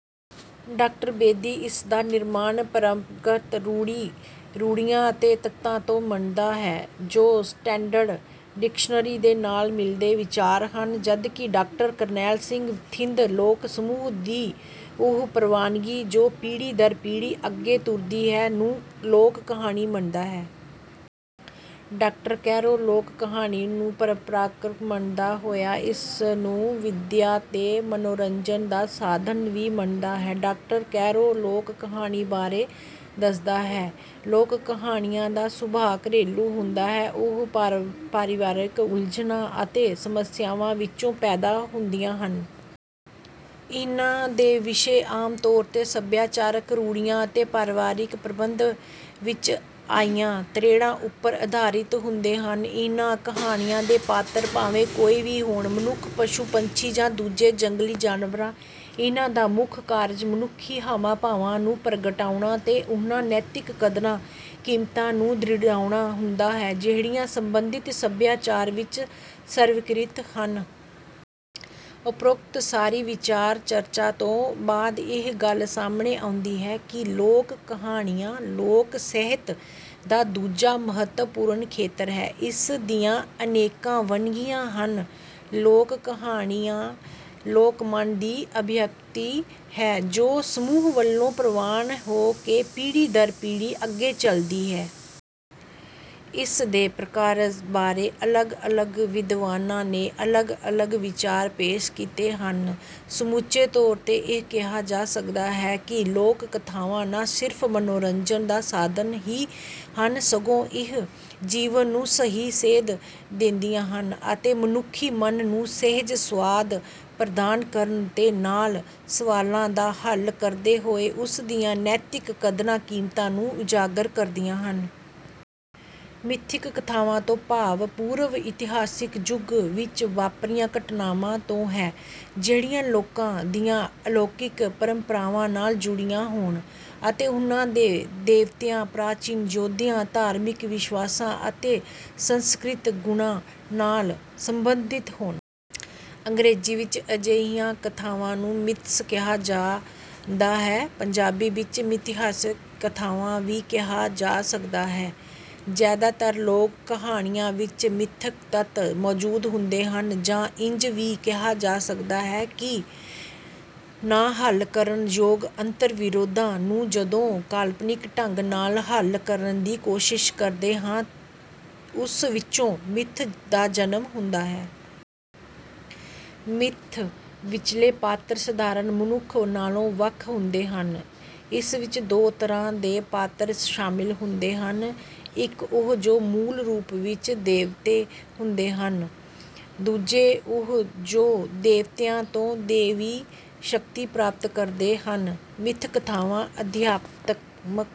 Doctor Bedi ਇਸ ਦਾ ਨਿਰਮਾਣ ਪਰੰਪਰਾਗਤ ਰੂੜ੍ਹੀਆਂ ਅਤੇ ਤੱਤਾਂ ਤੋਂ ਮੰਨਦਾ ਹੈ ਜੋ ਸਟੈਂਡਰਡ ਡਿਕਸ਼ਨਰੀ ਦੇ ਨਾਲ ਮਿਲਦੇ ਵਿਚਾਰ ਹਨ ਜਦਕਿ ਡਾਕਟਰ ਕਰਨੈਲ ਸਿੰਘ ਥਿੰਦ ਲੋਕ ਸਮੂਹ ਦੀ ਉਹ ਪ੍ਰਵਾਨਗੀ ਜੋ ਪੀੜ੍ਹੀ ਦਰ ਪੀੜ੍ਹੀ ਅੱਗੇ ਤੁਰਦੀ ਹੈ ਨੂੰ ਲੋਕ ਕਹਾਣੀ ਮੰਨਦਾ ਹੈ। ਡਾਕਟਰ ਕੈਰੋਂ ਲੋਕ ਕਹਾਣੀ ਨੂੰ ਪਰੰਪਰਕ ਮੰਨਦਾ ਹੋਇਆ ਇਸਨੂੰ ਵਿਦਿਆ ਤੇ ਮਨੋਰੰਜਨ ਦਾ ਸਾਧਨ ਵੀ ਮੰਨਦਾ ਹੈ। ਡਾਕਟਰ ਕੈਰੋਂ ਲੋਕ ਕਹਾਣੀਆਂ ਬਾਰੇ ਦੱਸਦਾ ਹੈ ਲੋਕ ਕਹਾਣੀਆਂ ਦਾ ਸੁਭਾਅ ਘਰੇਲੂ ਹੁੰਦਾ ਹੈ ਉਹ ਪਰਿਵਾਰਕ ਉਲਝਣਾਂ ਅਤੇ ਸਮੱਸਿਆਵਾਂ ਵਿੱਚੋਂ ਪੈਦਾ ਹੁੰਦੀਆਂ ਹਨ। ਇਹਨਾਂ ਦੇ ਵਿਸ਼ੇ ਆਮ ਤੌਰ ਤੇ ਸੱਭਿਆਚਾਰਕ ਰੂੜ੍ਹੀਆਂ ਅਤੇ ਪਰਿਵਾਰਕ ਪ੍ਰਬੰਧ ਵਿੱਚ ਆਈਆਂ ਤ੍ਰੇੜਾਂ ਉੱਪਰ ਆਧਾਰਿਤ ਹੁੰਦੇ ਹਨ। ਇਹਨਾਂ ਕਹਾਣੀਆਂ ਦੇ ਪਾਤਰ ਭਾਵੇਂ ਕੋਈ ਵੀ ਹੋਣ ਮਨੁੱਖ ਪਸ਼ੂ ਪੰਛੀ ਜਾਂ ਦੂਜੇ ਜੰਗਲੀ ਜਾਨਵਰ ਇਹਨਾਂ ਦਾ ਮੁੱਖ ਕਾਰਜ ਮਨੁੱਖੀ ਹਾਵਾਂ ਭਾਵਾਂ ਨੂੰ ਪ੍ਰਗਟਾਉਣਾ ਤੇ ਉਹਨਾਂ ਨੈਤਿਕ ਕਦਰਾਂ ਕੀਮਤਾਂ ਨੂੰ ਦ੍ਰਿੜਾਉਣਾ ਹੁੰਦਾ ਹੈ ਜਿਹੜੀਆਂ ਸੰਬੰਧਿਤ ਸੱਭਿਆਚਾਰ ਵਿੱਚ ਸਵੀਕ੍ਰਿਤ ਹਨ। ਉੱਪਰੋਕਤ ਸਾਰੀ ਵਿਚਾਰ ਚਰਚਾ ਤੋਂ ਬਾਅਦ ਇਹ ਗੱਲ ਸਾਹਮਣੇ ਆਉਂਦੀ ਹੈ ਕਿ ਲੋਕ ਕਹਾਣੀਆਂ ਲੋਕ ਸਾਹਿਤ ਦਾ ਦੂਜਾ ਮਹੱਤਵਪੂਰਨ ਖੇਤਰ ਹੈ। ਇਸ ਦੀਆਂ ਅਨੇਕਾਂ ਵੰਨਗੀਆਂ ਹਨ। ਲੋਕ ਕਹਾਣੀ ਲੋਕਮਨ ਦੀ ਅਭਿਵਿਅਕਤੀ ਹੈ ਜੋ ਸਮੂਹ ਵੱਲੋਂ ਪ੍ਰਵਾਨ ਹੋ ਕੇ ਪੀੜ੍ਹੀ ਦਰ ਪੀੜ੍ਹੀ ਅੱਗੇ ਚਲਦੀ ਹੈ। ਇਸ ਦੇ ਪ੍ਰਕਾਰਜ ਬਾਰੇ ਅਲੱਗ ਅਲੱਗ ਵਿਦਵਾਨਾਂ ਨੇ ਅਲੱਗ ਅਲੱਗ ਵਿਚਾਰ ਪੇਸ਼ ਕੀਤੇ ਹਨ। ਸਮੁੱਚੇ ਤੌਰ ਤੇ ਇਹ ਕਿਹਾ ਜਾ ਸਕਦਾ ਹੈ ਕਿ ਲੋਕ ਕਥਾਵਾਂ ਨਾ ਸਿਰਫ਼ ਮਨੋਰੰਜਨ ਦਾ ਸਾਧਨ ਹੀ ਹਨ ਸਗੋਂ ਇਹ ਜੀਵਨ ਨੂੰ ਸਹੀ ਸੇਧ ਦਿੰਦੀਆਂ ਹਨ ਅਤੇ ਮਨੁੱਖੀ ਮਨ ਨੂੰ ਸਹਿਜ ਸੁਆਦ ਪ੍ਰਦਾਨ ਕਰਨ ਦੇ ਨਾਲ ਸਵਾਲਾਂ ਦਾ ਹੱਲ ਕਰਦੇ ਹੋਏ ਉਸ ਦੀਆਂ ਨੈਤਿਕ ਕਦਰਾਂ ਕੀਮਤਾਂ ਨੂੰ ਉਜਾਗਰ ਕਰਦੀਆਂ ਹਨ। ਮਿੱਥਕ ਕਥਾਵਾਂ ਤੋਂ ਭਾਵ ਪੂਰਵ ਇਤਿਹਾਸਿਕ ਯੁੱਗ ਵਿੱਚ ਵਾਪਰੀਆਂ ਘਟਨਾਵਾਂ ਤੋਂ ਹੈ ਜਿਹੜੀਆਂ ਲੋਕਾਂ ਦੀਆਂ ਅਲੌਕਿਕ ਪਰੰਪਰਾਵਾਂ ਨਾਲ ਜੁੜੀਆਂ ਹੋਣ ਅਤੇ ਉਹਨਾਂ ਦੇ ਦੇਵਤਿਆਂ ਪ੍ਰਾਚੀਨ ਯੋਧਿਆਂ ਧਾਰਮਿਕ ਵਿਸ਼ਵਾਸਾਂ ਅਤੇ ਸੰਸਕ੍ਰਿਤਕ ਗੁਣਾਂ ਨਾਲ ਸਬੰਧਿਤ ਹੋਣ। ਅੰਗਰੇਜ਼ੀ ਵਿੱਚ ਅਜਿਹੀਆਂ ਕਥਾਵਾਂ ਨੂੰ ਮਿਥਸ ਕਿਹਾ ਜਾਂਦਾ ਹੈ। ਪੰਜਾਬੀ ਵਿੱਚ ਮਿਥਿਹਾਸਕ ਕਥਾਵਾਂ ਵੀ ਕਿਹਾ ਜਾ ਸਕਦਾ ਹੈ। ਜ਼ਿਆਦਾਤਰ ਲੋਕ ਕਹਾਣੀਆਂ ਵਿੱਚ ਮਿੱਥਕ ਤੱਤ ਮੌਜੂਦ ਹੁੰਦੇ ਹਨ ਜਾਂ ਇੰਝ ਵੀ ਕਿਹਾ ਜਾ ਸਕਦਾ ਹੈ ਕਿ ਨਾ ਹੱਲ ਕਰਨ ਯੋਗ ਅੰਤਰ ਵਿਰੋਧਾਂ ਨੂੰ ਜਦੋਂ ਕਾਲਪਨਿਕ ਢੰਗ ਨਾਲ ਹੱਲ ਕਰਨ ਦੀ ਕੋਸ਼ਿਸ਼ ਕਰਦੇ ਹਾਂ ਉਸ ਵਿੱਚੋਂ ਮਿੱਥ ਦਾ ਜਨਮ ਹੁੰਦਾ ਹੈ। ਮਿੱਥ ਵਿੱਚਲੇ ਪਾਤਰ ਸਧਾਰਨ ਮਨੁੱਖ ਨਾਲੋਂ ਵੱਖ ਹੁੰਦੇ ਹਨ। ਇਸ ਵਿੱਚ ਦੋ ਤਰ੍ਹਾਂ ਦੇ ਪਾਤਰ ਸ਼ਾਮਿਲ ਹੁੰਦੇ ਹਨ। ਇੱਕ ਉਹ ਜੋ ਮੂਲ ਰੂਪ ਵਿੱਚ ਦੇਵਤੇ ਹੁੰਦੇ ਹਨ। ਦੂਜੇ ਉਹ ਜੋ ਦੇਵਤਿਆਂ ਤੋਂ ਦੇਵੀ ਸ਼ਕਤੀ ਪ੍ਰਾਪਤ ਕਰਦੇ ਹਨ। ਮਿੱਥ ਕਥਾਵਾਂ ਅਧਿਆਤਮਕ